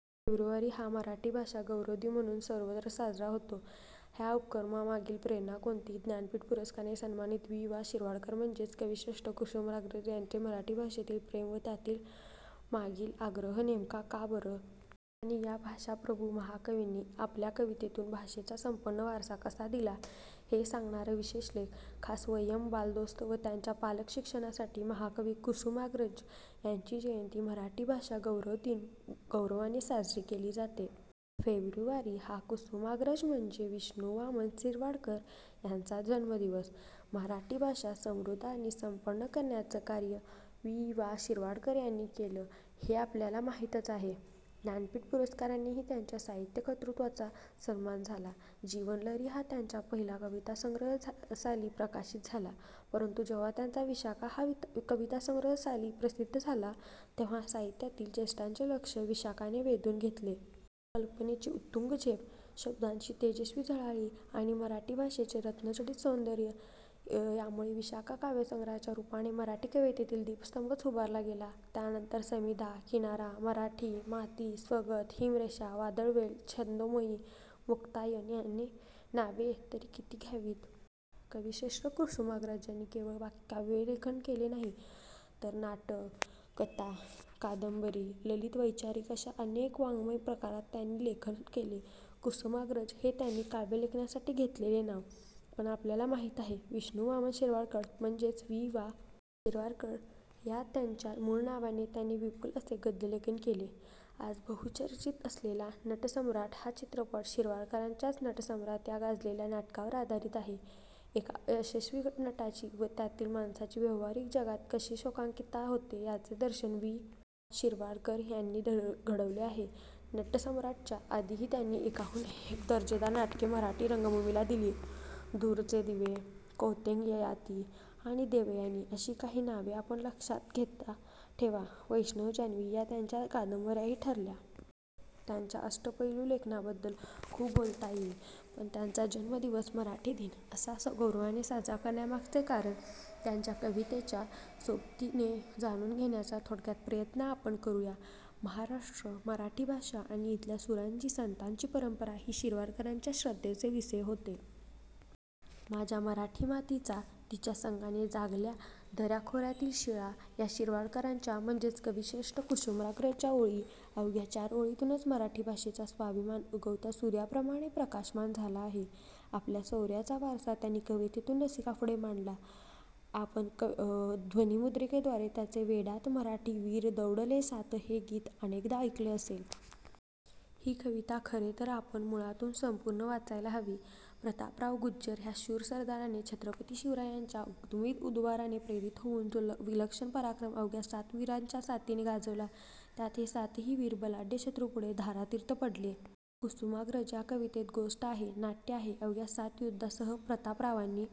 February हा मराठी भाषा गौरव दिन म्हणून सर्वत्र साजरा होतो. ह्या उपक्रमामागील प्रेरणा कोणती? ज्ञानपीठ पुरस्काराने सन्मानित वि. वा. शिरवाडकर म्हणजेच कविश्रेष्ठ कुसुमाग्रज यांचे मराठी भाषेवरील प्रेम व त्या मागील आग्रह नेमका का बरं? आणि या भाषाप्रभू महाकवीने आपल्या कवितेतून भाषेचा संपन्न वारसा कसा दिला? हे सांगणारा विशेष लेख, खास 'वयम्' बालदोस्त व त्यांच्या पालक-शिक्षकांसाठी... महाकवी कुसुमाग्रज यांची जयंती मराठी भाषा गौरव दिन म्हणून गौरवाने साजरी केली जाते. फेब्रुवारी हा कुसुमाग्रज म्हणजेच विष्णू वामन शिरवाडकर यांचा जन्मदिवस. मराठी भाषा समृद्ध आणि संपन्न करण्याचं कार्य वि. वा. शिरवाडकर यांनी केलं, हे आपल्याला माहीत आहेच. ज्ञानपीठ पुरस्कारानेही त्यांच्या साहित्य कर्तृत्वाचा सन्मान झाला. 'जीवनलहरी' हा त्यांचा पहिला कवितासंग्रह साली प्रकाशित झाला, परंतु जेव्हा त्यांचा 'विशाखा' हा कवितासंग्रह साली प्रसिद्ध झाला, तेव्हा साहित्यातील ज्येष्ठांचे लक्ष्य 'विशाखा'ने वेधून घेतले. कल्पनेची उत्तुंग झेप, शब्दांची तेजस्वी झळाळी आणि मराठी भाषेचे रत्नजडित सौंदर्य यामुळे 'विशाखा' काव्यसंग्रहाच्या रूपाने मराठी कवितेत दीपस्तंभच उभारला गेला. त्यानंतर समिधा, किनारा, मराठी माती, स्वगत, हिमरेषा वादळवेल, छंदोमयी, मुक्तायन.. नावे तरी किती घ्यावीत! कविश्रेष्ठ कुसुमाग्रजांनी केवळ काव्यलेखन केले नाही, तर नाटक, कथा-कादंबरी, ललित-वैचारिक अशा अनेक वाङ्मय प्रकारांत त्यांनी लेखन केले. कुसुमाग्रज हे त्यांनी काव्यलेखनासाठी घेतलेले नाव, पण आपल्याला माहीत आहेत विष्णू वामन शिरवाडकर म्हणजेच वि. वा. शिरवाडकर. या त्यांच्या मूळ नावाने त्यांनी विपुल असे गद्यलेखन केले. आज बहुचर्चित असलेला 'नटसम्राट' हा चित्रपट शिरवाडकरांच्याच 'नटसम्राट' ह्या गाजलेल्या नाटकावर आधारित आहे. एका यशस्वी नटाची व त्यातील माणसाची व्यवहारिक जगात कशी शोकांतिका होते याचे दर्शन वि. वा. शिरवाडकर यांनी घडविले आहे. 'नटसम्राट'च्या आधीही त्यांनी एकाहून एक दर्जेदार नाटके मराठी रंगभूमीला दिली. दूरचे दिवे, कौंतेय, ययाती आणि देवयानी- अशी काही नावे आपण लक्षात ठेवा. 'वैष्णव', 'जान्हवी' या त्यांच्या कादंब:याही ठरल्या. त्यांच्या अष्टपैलू लेखनाबद्दल खूप बोलता येईल; पण त्यांचा जन्मदिवस 'मराठी दिन' असा गौरवाने साजरा करण्यामागचे कारण, त्यांच्या कवितेच्या सोबतीने जाणून घेण्याचा थोडक्यात प्रयत्न आपण करूया. महाराष्ट्र, मराठी भाषा आणि इथल्या सुरांची, संतांची परंपरा हे शिरवाडकरांच्या श्रद्धेचे विषय होते. माझ्या मराठी मातीचा तिच्या संगाने जागल्या दऱ्याखोऱ्यातील शिळा या शिरवाडकरांच्या म्हणजेच कविश्रेष्ठ कुसुमाग्रजांच्या ओळी! अवघ्या चार ओळींतूनच मराठी भाषेचा स्वाभिमान उगवत्या सूर्याप्रमाणे प्रकाशमान झाला आहे. आपला शौर्याचा वारसा त्यांनी कवितेतून रसिकांपुढे मांडला. आपण ध्वनिमुद्रिकेद्वारे त्यांचे 'वेडात मराठे वीर दौडले सात' हे गीत अनेकदा ऐकले असेल. ही कविता खरे तर आपण मूळातून संपूर्ण वाचायला हवी. प्रतापराव गुर्जर ह्या शूर सरदाराने छत्रपती शिवरायांच्या उद्विग्न उद्गाराने प्रेरित होऊन जो विलक्षण पराक्रम अवघ्या सात वीरांच्या साथीने गाजवला; त्यात हे सातही वीर बलाढ्य शत्रूपुढे धारातीर्थी पडले. कुसुमाग्रजांच्या या कवितेत गोष्ट आहे, नाट्य आहे. अवघ्या सात योद्ध्यांसह प्रतापरावांनी